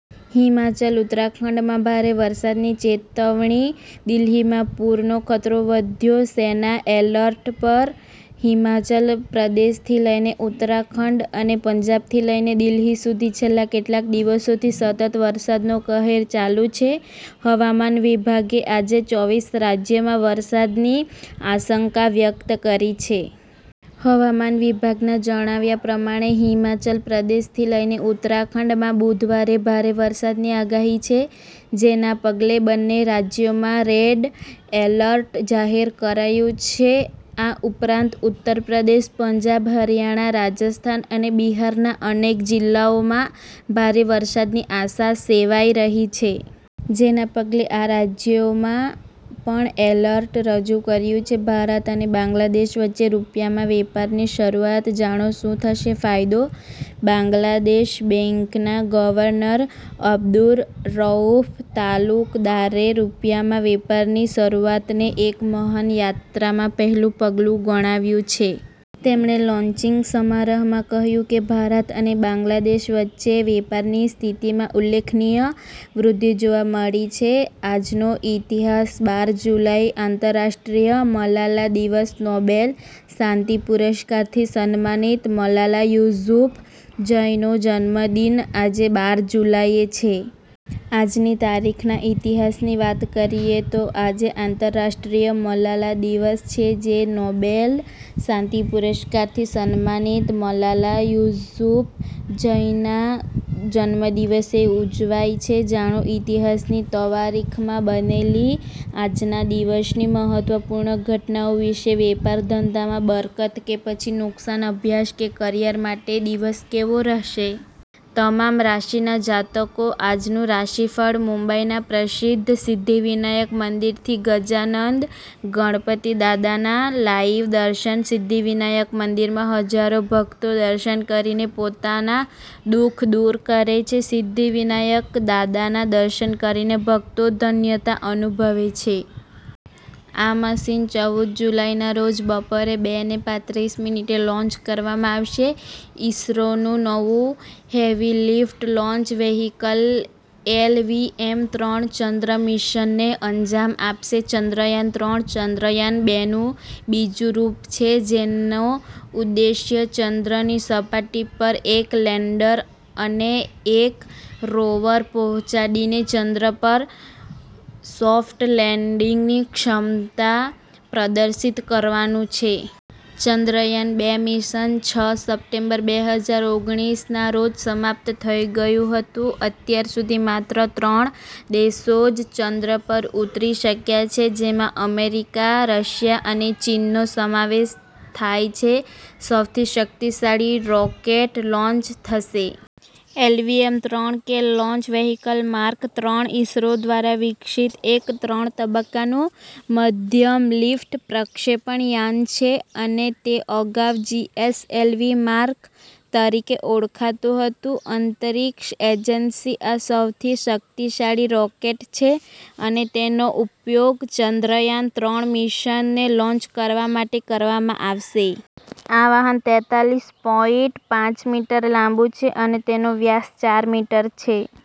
હિમાચલ-ઉત્તરાખંડમાં ભારે વરસાદની ચેતવણી, દિલ્હીમાં પૂરનો ખતરો વધ્યો, સેના એલર્ટ પર હિમાચલ પ્રદેશથી લઇને ઉત્તરાખંડ અને પંજાબથી લઇને દિલ્હી સુધી છેલ્લા કેટલાક દિવસોથી સતત વરસાદનો કહેર ચાલું છે. હવામાન વિભાગે આજે ચોવીસ રાજ્યોમાં વરસાદની આશંકા વ્યક્ત કરી છે. હવામાન વિભાગના જણાવ્યા પ્રમાણે હિમાચલ પ્રદેશથી લઇને ઉત્તરાખંડમાં બુધવારે ભારે વરસાદની આગાહી છે. જેના પગલે બંને રાજ્યોમાં રેડ એલર્ટ જાહેર કરાયું છે. આ ઉપરાંત ઉત્તર પ્રદેશ, પંજાબ હરિયાણા, રાજસ્થાન અને બિહારના અનેક જિલ્લાઓમાં ભારે વરસાદની આશા સેવાઈ રહી છે. જેના પગલે આ રાજ્યોમાં પણ એલર્ટ રજૂ કર્યું છે. ભારત અને બાંગ્લાદેશ વચ્ચે રૂપિયામાં વેપારની શરુઆત, જાણો શું થશે ફાયદો? બાંગ્લાદેશ બેંકના ગવર્નર અબ્દુર રઉફ તાલુકદારે રુપિયામાં વેપારની શરુઆતને એક મહાન યાત્રામાં પહેલું પગલું ગણાવ્યું છે. તેમણે લોન્ચિંગ સમારોહમાં કહ્યું કે ભારત અને બાંગ્લાદેશ વચ્ચે વેપારની સ્થિતિમાં ઉલ્લેખનીય વૃદ્ધિ જોવા મળી છે. આજનો ઇતિહાસ બાર જુલાઇ:- આંતરરાષ્ટ્રીય મલાલા દિવસ, નોબેલ શાંતિ પુરસ્કારથી સમ્માનિત મલાલા યુસુફઝઈનો જન્મદિન આજે બાર જુલાઇએ છે. આજની તારીખના ઇતિહાસની વાત કરીએ તો આજે આંતરરાષ્ટ્રીય મલાલા દિવસ છે, જે નોબેલ શાંતિ પુરસ્કારથી સમ્માનિત મલાલા યુસુફઝઈના જન્મ દિવસે ઉજવાય છે. જાણો ઇતિહાસની તવારીખમાં બનેલી આજના દિવસની મહત્વપૂર્ણ ઘટનાઓ વિશે. વેપાર ધંધામાં બરકત કે પછી નુકસાન, અભ્યાસ કે કરિયર માટે દિવસ કેવો રહેશે? અહીં વાંચો તમામ રાશિના જાતકો. આજનું રાશિફળ. મુંબઇના પ્રસિદ્ધ સિદ્ધિ વિનાયક મંદિરથી ગજાનંદ ગણપતિ દાદાના લાઇવ દર્શન:- સિદ્ધિ વિનાયક મંદિરમાં હજારો ભક્તો દર્શન કરીને પોતાના દુઃખ દૂર કરે છે. સિદ્ધિ વિનાયક દાદાના દર્શન કરીને ભક્તો ધન્યતા અનુભવે છે. આ મિશન ચૌદ જુલાઈના રોજ બપોરે બે ને પાંત્રીસ મિનિટે લોન્ચ કરવામાં આવશે. ઈસરોનું નવું હેવીલિફ્ટ લોન્ચ વ્હીકલ એલ.વી.એમ.-ત્રણ ચંદ્ર મિશનને અંજામ આપશે. ચંદ્રયાન-ત્રણ, ચંદ્રયાન-બેનું બીજું રૂપ છે. જેનો ઉદ્દેશ્ય ચંદ્રની સપાટી પર એક લેન્ડર અને એક રોવર પહોંચાડીને ચંદ્ર પર સોફ્ટ લેન્ડિંગની ક્ષમતા પ્રદર્શિત કરવાનું છે. ચંદ્રયાન-બે મિશન છ સપ્ટેમ્બર બે હજાર ઓગણીસ ના રોજ સમાપ્ત થઇ ગયું હતું. અત્યાર સુધી માત્ર ત્રણ દેશો જ ચંદ્ર પર ઉતરી શક્યા છે. જેમાં અમેરિકા, રશિયા અને ચીનનો સમાવેશ થાય છે. સૌથી શક્તિશાળી રોકેટ લોન્ચ થશે. એલ.વી.એમ.-ત્રણ કે લોન્ચ વ્હીકલ માર્ક-ત્રણ ઇસરો દ્વારા વિકસિત એક ત્રણ તબક્કાનું મધ્યમ-લિફ્ટ પ્રક્ષેપણ યાન છે અને તે અગાઉ જી.એસ.એલ.વી. માર્ક તરીકે ઓળખાતું હતું. અંતરિક્ષ એજન્સીનું આ સૌથી શક્તિશાળી રોકેટ છે અને તેનો ઉપયોગ ચંદ્રયાન-ત્રણ મિશનને લોન્ચ કરવા માટે કરવામાં આવશે. આ વાહન તેતાલીસ પોઈન્ટ પાંચ મીટર લાંબું છે અને તેનો વ્યાસ ચાર મીટર છે.